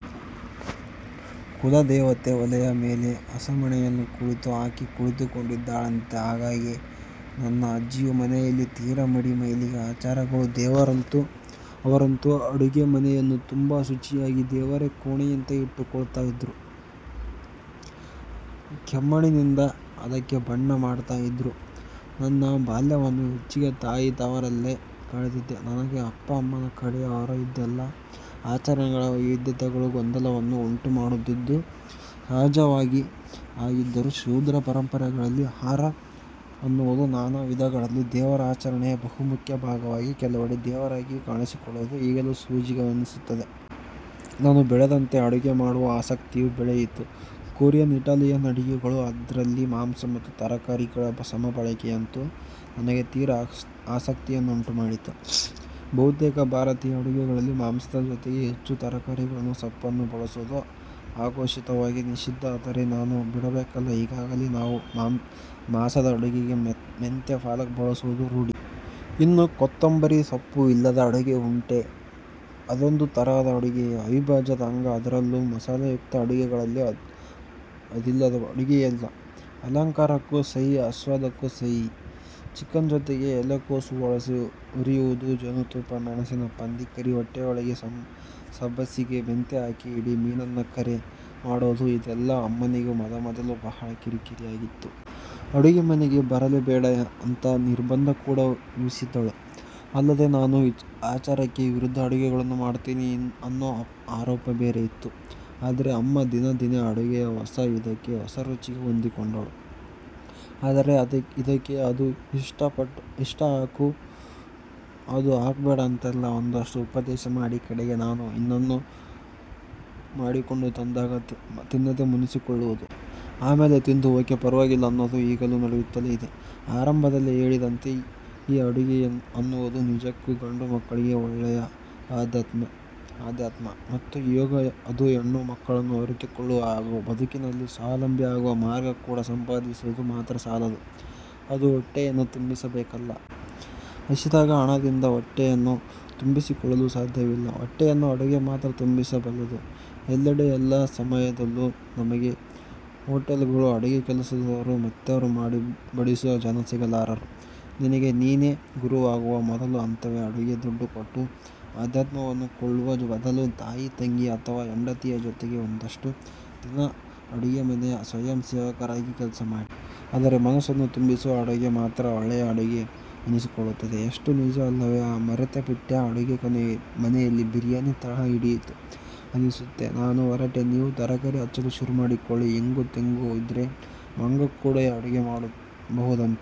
ಕುಲದೇವತೆ ಒಲೆಯ ಮೇಲೆ ಹಸೆಮಣೆಯನ್ನು ಕುಳಿತು ಹಾಕಿ ಕುಳಿತುಕೊಂಡಿದ್ದಾಳಂತೆ. ಹಾಗಾಗಿ ನನ್ನ ಅಜ್ಜಿಯ ಮನೆಯಲ್ಲಿ ತೀರಾ ಮಡಿ-ಮೈಲಿಗೆ ಆಚಾರಗಳು. ಅವರಂತೂ ಅಡುಗೆ ಮನೆಯನ್ನು ತುಂಬಾ ಶುಚಿಯಾಗಿ ದೇವರ ಕೋಣೆಯಂತೆ ಇಟ್ಟುಕೊಳ್ತಾ ಇದ್ರು. ಕೆಮ್ಮಣ್ಣಿನಿಂದ ಅದಕ್ಕೆ ಬಣ್ಣ ಮಾಡ್ತಾ ಇದ್ರು. ನನ್ನ ಬಾಲ್ಯವನ್ನು ಹೆಚ್ಚಿಗೆ ತಾಯಿ ತವರಲ್ಲೇ ಕಳೆದಿದ್ದ ನನಗೆ ಅಪ್ಪ -ಅಮ್ಮನ ಕಡೆಯವರ ಇದೆಲ್ಲ ಆಚರಣೆಗಳ ವೈವಿಧ್ಯತೆಗಳು ಗೊಂದಲವನ್ನು ಉಂಟು ಮಾಡುತ್ತಿದ್ದುದು ಸಹಜವಾಗೇ ಆಗಿದ್ದರೂ ಶೂದ್ರ ಪರಂಪರೆಗಳಲ್ಲಿ ಆಹಾರ ಅನ್ನುವುದು ನಾನಾ ವಿಧಗಳಲ್ಲಿ ದೇವರ ಆಚರಣೆಯ ಬಹುಮುಖ್ಯ ಭಾಗವಾಗಿ ಕೆಲವೆಡೆ ದೇವರಾಗಿಯೇ ಕಾಣಿಸಿಕೊಳ್ಳುವುದು ಈಗಲೂ ಸೋಜಿಗವೆನಿಸುತ್ತದೆ. ನಾನು ಬೆಳೆದಂತೆ ಅಡುಗೆ ಮಾಡುವ ಆಸಕ್ತಿಯೂ ಬೆಳೆಯಿತು. ಕೊರಿಯನ್ ಇಟಾಲಿಯನ್ ಅಡುಗೆಗಳು ಅದ್ರಲ್ಲಿ ಮಾಂಸ ಮತ್ತು ತರಕಾರಿಗಳ ಸಮಬಳಕೆಯಂತೂ ನನಗೆ ತೀರ ಆಸಕ್ತಿಯನ್ನುಂಟು ಮಾಡಿತು. ಬಹುತೇಕ ಭಾರತೀಯ ಅಡುಗೆಗಳಲ್ಲಿ ಮಾಂಸದ ಜೊತೆಗೆ ಹೆಚ್ಚು ತರಕಾರಿಗಳನ್ನು-ಸೊಪ್ಪನ್ನು ಬಳಸುವುದು ಆಘೋಷಿತವಾಗಿ ನಿಷಿದ್ಧ. ಆದರೆ ನಾನು ಬಿಡಬೇಕಲ್ಲ ಈಗಾಗಲೇ ನಾವು ಮಾಸದ ಅಡುಗೆಗೆ ಮೆಂತ್ಯೆ ಪಾಲಕ್ ಬಳಸುವುದು ರೂಢಿ. ಇನ್ನೂ ಕೊತ್ತಂಬರಿ ಸೊಪ್ಪು ಇಲ್ಲದ ಅಡುಗೆ ಉಂಟೆ? ಅದೊಂದು ತರಹದ ಅಡುಗೆಯ ಅವಿಭಾಜ್ಯದ ಅಂಗ. ಅದರಲ್ಲೂ ಮಸಾಲೆಯುಕ್ತ ಅಡುಗೆಗಳಲ್ಲಿ ಅದಿಲ್ಲದ ಅಡುಗೆಯಿಲ್ಲ. ಅಲಂಕಾರಕ್ಕೂ ಸೈ ಆಸ್ವಾದಕ್ಕೂ ಸೈ. ಚಿಕನ್ ಜೊತೆಗೆ ಎಲೆಕೋಸು ಬಳಸಿ ಹುರಿಯುವುದು, ಜೇನುತುಪ್ಪ ಮೆಣಸಿನ ಪಂದಿಕರಿ, ಹೊಟ್ಟೆಯೊಳಗೆ ಸಬ್ಬಸಿಗೆ ಮೆಂತ್ಯೆ ಹಾಕಿ ಇಡೀ ಮೀನನ್ನ ಕರೆ ಮಾಡೋದು ಇದೆಲ್ಲಾ ಅಮ್ಮನಿಗೆ ಮೊದಮೊದಲು ಬಹಳ ಕಿರಿಕಿರಿಯಾಗಿತ್ತು. ಅಡುಗೆ ಮನೆಗೆ ಬರಲೇ ಬೇಡ ಅಂತ ನಿರ್ಬಂಧ ಕೂಡ ವಿಸಿದ್ದಳು ಅಲ್ಲದೇ ನಾನು ಆಚಾರಕ್ಕೆ ವಿರುದ್ಧ ಅಡುಗೆಗಳನ್ನು ಮಾಡ್ತೀನಿ ಅನ್ನೋ ಆರೋಪ ಬೇರೆ ಇತ್ತು. ಆದ್ರೆ ಅಮ್ಮ ದಿನೇ ದಿನೇ ಅಡುಗೆಯ ಹೊಸ ವಿಧಕ್ಕೆ ಹೊಸರುಚಿಗೆ ಹೊಂದಿಕೊಂಡಳು. ಆದರೆ ಇದಕ್ಕೆ ಅದು ಇಷ್ಟು ಹಾಕು. ಇದು ಹಾಕಬೇಡ ಅಂತೆಲ್ಲಾ ಒಂದಷ್ಟು ಉಪದೇಶ ಮಾಡಿ ಕಡೆಗೆ ನಾನು ಇನ್ನೇನೋ ಮಾಡಿಕೊಂಡು ತಂದಾಗ ತಿನ್ನದೇ ಮುನಿಸಿಕೊಳ್ಳುವುದು. ಆಮೇಲೆ ತಿಂದು ಓಕೆ ಪರ್ವಾಗಿಲ್ಲ ಅನ್ನೋದು ಈಗಲೂ ನಡೆಯುತ್ತಲೇ ಇದೆ. ಆರಂಭದಲ್ಲೇ ಹೇಳಿದಂತೆ ಈ ಅಡುಗೆ ಅನ್ನುವುದು ನಿಜಕ್ಕೂ ಗಂಡು ಮಕ್ಕಳಿಗೆ ಒಳ್ಳೆಯ ಅಧ್ಯಾತ್ಮ ಮತ್ತು ಯೋಗ. ಅದು ಹೆಣ್ಣು ಮಕ್ಕಳನ್ನು ಅರಿತುಕೊಳ್ಳುವ ಹಾಗೂ ಬದುಕಿನಲ್ಲಿ ಸ್ವಾವಲಂಬಿ ಆಗುವ ಮಾರ್ಗ ಕೂಡ. ಸಂಪಾದಿಸುವುದು ಮಾತ್ರ ಸಾಲದು ಅದು ಹೊಟ್ಟೆಯನ್ನು ತುಂಬಿಸಬೇಕಲ್ಲ. ಹಸಿದಾಗ ಹಣದಿಂದ ಹೊಟ್ಟೆಯನ್ನು ತುಂಬಿಸಿಕೊಳ್ಳಲು ಸಾಧ್ಯವಿಲ್ಲ. ಹೊಟ್ಟೆಯನ್ನು ಅಡುಗೆ ಮಾತ್ರ ತುಂಬಿಸಬಲ್ಲುದು. ಎಲ್ಲೆಡೆ ಎಲ್ಲಾ ಸಮಯದಲ್ಲೂ ನಮಗೆ ಹೊಟೇಲ್ಗಳು, ಅಡುಗೆ ಕೆಲಸದವರು ಮತ್ಯಾರೋ ಮಾಡಿ ಬಡಿಸುವ ಜನ ಸಿಗಲಾರರು. ನಿನಗೆ ನೀನೆ ಗುರುವಾಗುವ ಮೊದಲ ಹಂತವೇ ಅಡುಗೆ. ದುಡ್ಡುಕೊಟ್ಟು ಅಧ್ಯಾತ್ಮವನ್ನು ಕೊಳ್ಳುವ ಬದಲು ತಾಯಿ, ತಂಗಿ ಅಥವಾ ಹೆಂಡತಿಯ ಜೊತೆಗೆ ಒಂದಷ್ಟು ದಿನ ಅಡುಗೆ ಮನೆಯ ಸ್ವಯಂ ಸೇವಕರಾಗಿ ಕೆಲ್ಸ ಮಾಡಿ. ಆದರೆ ಮನಸ್ಸನ್ನೂ ತುಂಬಿಸುವ ಅಡುಗೆ ಮಾತ್ರ ಒಳ್ಳೆಯ ಅಡುಗೆ ಅನಿಸಿಕೊಳ್ಳುತ್ತದೆ'. ಎಷ್ಟು ನಿಜ ಅಲ್ಲವೇ. ಹಾ ಮರತೇ ಬಿಟ್ಟೆ ಅಡುಗೆ ಮನೆಯಲ್ಲಿ ಬಿರಿಯಾನಿ ತಳ ಹಿಡಿಯಿತು ಅನಿಸುತ್ತೆ. ನಾನು ಹೊರಟೆ. ನೀವು ತರಕಾರಿ ಹಚ್ಚಲು ಶುರುಮಾಡಿಕೊಳ್ಳಿ. ಇಂಗು-ತೆಂಗು ಇದ್ರೆ ಮಂಗ ಕೂಡ ಅಡುಗೆ ಮಾಡಬಹುದಂತೆ.